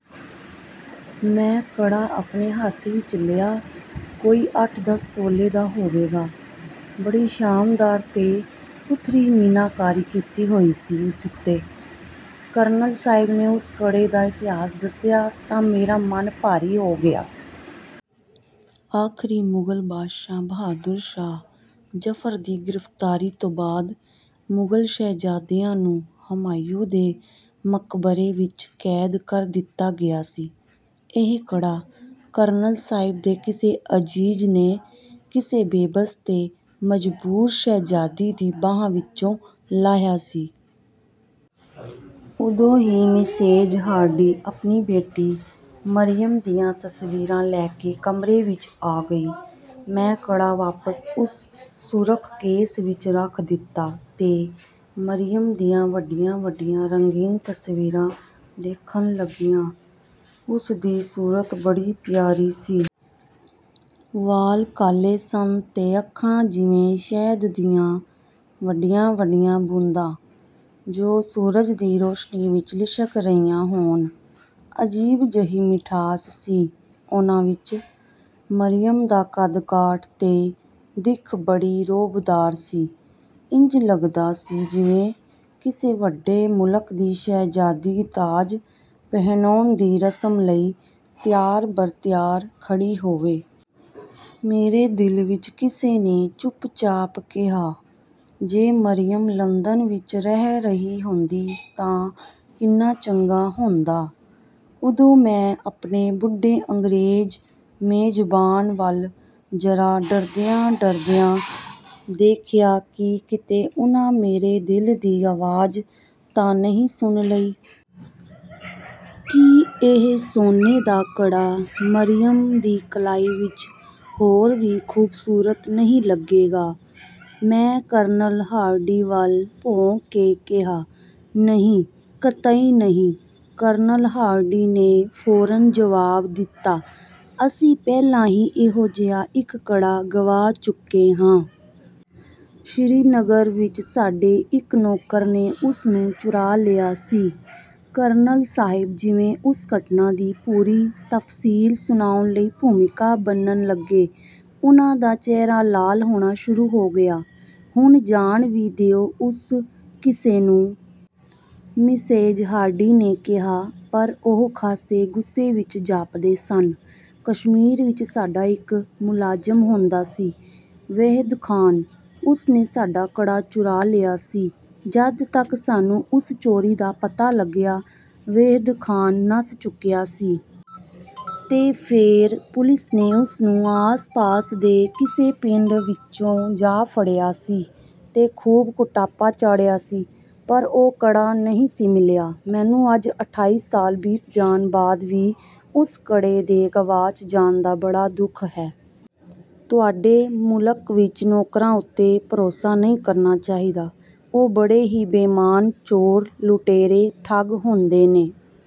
ਮੈਂ ਕੜਾ ਆਪਣੇ ਹੱਥ ਵਿੱਚ ਲਿਆ। ਕੋਈ ਅੱਠ-ਦਸ ਤੋਲੇ ਦਾ ਹੋਏਗਾ। ਬੜੀ ਸ਼ਾਨਦਾਰ ਤੇ ਸੁਥਰੀ ਮੀਨਾਕਾਰੀ ਕੀਤੀ ਹੋਈ ਸੀ ਉਸ ਉੱਤੇ। ਕਰਨਲ ਸਾਹਿਬ ਨੇ ਉਸ ਕੜੇ ਦਾ ਇਤਿਹਾਸ ਦੱਸਿਆ ਤਾਂ ਮੇਰਾ ਮਨ ਭਾਰੀ ਹੋ ਗਿਆ। ਆਖ਼ਰੀ ਮੁਗ਼ਲ ਬਾਦਸ਼ਾਹ ਬਹਾਦੁਰ ਸ਼ਾਹ ਜ਼ਫ਼ਰ ਦੀ ਗ੍ਰਿਫ਼ਤਾਰੀ ਤੋਂ ਬਾਅਦ ਮੁਗ਼ਲ ਸ਼ਹਿਜ਼ਾਦੀਆਂ ਨੂੰ ਹਮਾਯੂੰ ਦੇ ਮਕਬਰੇ ਵਿੱਚ ਕੈਦ ਕਰ ਦਿੱਤਾ ਗਿਆ ਸੀ। ਇਹ ਕੜਾ ਕਰਨਲ ਸਾਹਿਬ ਦੇ ਕਿਸੇ ਅਜ਼ੀਜ਼ ਨੇ ਕਿਸੇ ਬੇਬਸ ਤੇ ਮਜ਼ਬੂਰ ਸ਼ਹਿਜ਼ਾਦੀ ਦੀ ਬਾਂਹ ਵਿੱਚੋਂ ਲਾਹਿਆ ਸੀ। ਉਦੋਂ ਹੀ ਮਿਸੇਜ਼ ਹਾਰਡੀ ਆਪਣੀ ਬੇਟੀ ਮਰੀਅਮ ਦੀਆਂ ਤਸਵੀਰਾਂ ਲੈ ਕੇ ਕਮਰੇ ਵਿੱਚ ਆ ਗਈ। ਮੈਂ ਕੜਾ ਵਾਪਸ ਉਸ ਸੁਰਖ਼ ਕੇਸ ਵਿੱਚ ਰੱਖ ਦਿੱਤਾ ਤੇ ਮਰੀਅਮ ਦੀਆਂ ਵੱਡੀਆਂ-ਵੱਡੀਆਂ ਰੰਗੀਨ ਤਸਵੀਰਾਂ ਦੇਖਣ ਲੱਗਿਆ। ਉਸ ਦੀ ਸੂਰਤ ਬੜੀ ਪਿਆਰੀ ਸੀ। ਵਾਲ ਕਾਲੇ ਸਨ ਤੇ ਅੱਖਾਂ ਜਿਵੇਂ ਸ਼ਹਿਦ ਦੀਆਂ ਵੱਡੀਆਂ-ਵੱਡੀਆਂ ਬੂੰਦਾਂ, ਜੋ ਸੂਰਜ ਦੀ ਰੌਸ਼ਨੀ ਵਿੱਚ ਲਿਸ਼ਕ ਰਹੀਆਂ ਹੋਣ—ਅਜੀਬ ਜਿਹੀ ਮਿਠਾਸ ਸੀ ਉਹਨਾਂ ਵਿੱਚ। ਮਰੀਅਮ ਦਾ ਕੱਦ-ਕਾਠ ਤੇ ਦਿੱਖ ਬੜੀ ਰੌਬਦਾਰ ਸੀ। ਇੰਜ ਲੱਗਦਾ ਸੀ ਜਿਵੇਂ ਕਿਸੇ ਵੱਡੇ ਮੁਲਕ ਦੀ ਸ਼ਹਿਜ਼ਾਦੀ ਤਾਜ ਪਹਿਨਾਉਣ ਦੀ ਰਸਮ ਲਈ ਤਿਆਰ-ਬਰ-ਤਿਆਰ ਖੜ੍ਹੀ ਹੋਵੇ। ਮੇਰੇ ਦਿਲ ਵਿੱਚ ਕਿਸੇ ਨੇ ਚੁੱਪਚਾਪ ਕਿਹਾ, "ਜੇ ਮਰੀਅਮ ਲੰਦਨ ਵਿੱਚ ਰਹਿ ਰਹੀ ਹੁੰਦੀ ਤਾਂ ਕਿੰਨਾ ਚੰਗਾ ਹੁੰਦਾ।" ਉਦੋਂ ਮੈਂ ਆਪਣੇ ਬੁੱਢੇ ਅੰਗਰੇਜ਼ ਮੇਜ਼ਬਾਨ ਵੱਲ ਜ਼ਰਾ ਡਰਦਿਆਂ-ਡਰਦਿਆਂ ਦੇਖਿਆ ਕਿ ਕਿਤੇ ਉਹਨਾਂ ਮੇਰੇ ਦਿਲ ਦੀ ਆਵਾਜ਼ ਤਾਂ ਨਹੀਂ ਸੁਣ ਲਈ! "ਕੀ ਇਹ ਸੋਨੇ ਦਾ ਕੜਾ ਮਰੀਅਮ ਦੀ ਕਲਾਈ ਵਿੱਚ ਹੋਰ ਵੀ ਖੂਬਸੂਰਤ ਨਹੀਂ ਲੱਗੇਗਾ?" ਮੈਂ ਕਰਨਲ ਹਾਰਡੀ ਵੱਲ ਭੌਂ ਕੇ ਕਿਹਾ। "ਨਹੀਂ, ਕਤਈ ਨਹੀਂ!" ਕਰਨਲ ਹਾਰਡੀ ਨੇ ਫੌਰਨ ਜਵਾਬ ਦਿੱਤਾ, "ਅਸੀਂ ਪਹਿਲਾਂ ਹੀ ਇਹੋ-ਜਿਹਾ ਇੱਕ ਕੜਾ ਗਵਾ ਚੁੱਕੇ ਹਾਂ। ਸ੍ਰੀਨਗਰ ਵਿੱਚ ਸਾਡੇ ਇੱਕ ਨੌਕਰ ਨੇ ਉਸਨੂੰ ਚੁਰਾ ਲਿਆ ਸੀ।" ਕਰਨਲ ਸਾਹਿਬ ਜਿਵੇਂ ਉਸ ਘਟਨਾ ਦੀ ਪੂਰੀ ਤਫ਼ਸੀਲ ਸੁਣਾਉਣ ਲਈ ਭੂਮਿਕਾ ਬੰਨ੍ਹਣ ਲੱਗੇ। ਉਹਨਾਂ ਦਾ ਚਿਹਰਾ ਲਾਲ ਹੋਣਾ ਸ਼ੁਰੂ ਹੋ ਗਿਆ। "ਹੁਣ ਜਾਣ ਵੀ ਦਿਓ ਉਸ ਕਿੱਸੇ ਨੂੰ।" ਮਿਸੇਜ਼ ਹਾਰਡੀ ਨੇ ਕਿਹਾ, ਪਰ ਉਹ ਖਾਸੇ ਗੁੱਸੇ ਵਿੱਚ ਜਾਪਦੇ ਸਨ। "ਕਸ਼ਮੀਰ ਵਿੱਚ ਸਾਡਾ ਇੱਕ ਮੁਲਾਜ਼ਮ ਹੁੰਦਾ ਸੀ... ਵਹੀਦ ਖ਼ਾਨ। ਉਸਨੇ ਸਾਡਾ ਕੜਾ ਚੁਰਾ ਲਿਆ ਸੀ। ਜਦ ਤਕ ਸਾਨੂੰ ਉਸ ਚੋਰੀ ਦਾ ਪਤਾ ਲੱਗਿਆ, ਵਹੀਦ ਖ਼ਾਨ ਨੱਸ ਚੁੱਕਿਆ ਸੀ... ਤੇ ਫੇਰ ਪੁਲਿਸ ਨੇ ਉਸਨੂੰ ਆਸ-ਪਾਸ ਦੇ ਕਿਸੇ ਪਿੰਡ ਵਿੱਚੋਂ ਜਾ ਫੜਿਆ ਸੀ ਤੇ ਖ਼ੂਬ ਕੁਟਾਪਾ ਚਾੜ੍ਹਿਆ ਸੀ—ਪਰ ਉਹ ਕੜਾ ਨਹੀਂ ਸੀ ਮਿਲਿਆ। ਮੈਨੂੰ ਅੱਜ ਅਠਾਈ ਸਾਲ ਬੀਤ ਜਾਣ ਬਾਅਦ ਵੀ ਉਸ ਕੜੇ ਦੇ ਗਵਾਚ ਜਾਣ ਦਾ ਬੜਾ ਦੁੱਖ ਹੈ। ਤੁਹਾਡੇ ਮੁਲਕ ਵਿੱਚ ਨੌਕਰਾਂ ਉੱਤੇ ਭਰੋਸਾ ਨਹੀਂ ਕਰਨਾ ਚਾਹੀਦਾ। ਉਹ ਬੜੇ ਹੀ ਬੇਈਮਾਨ, ਚੋਰ, ਲੁਟੇਰੇ, ਠੱਗ... ਹੁੰਦੇ ਨੇ।"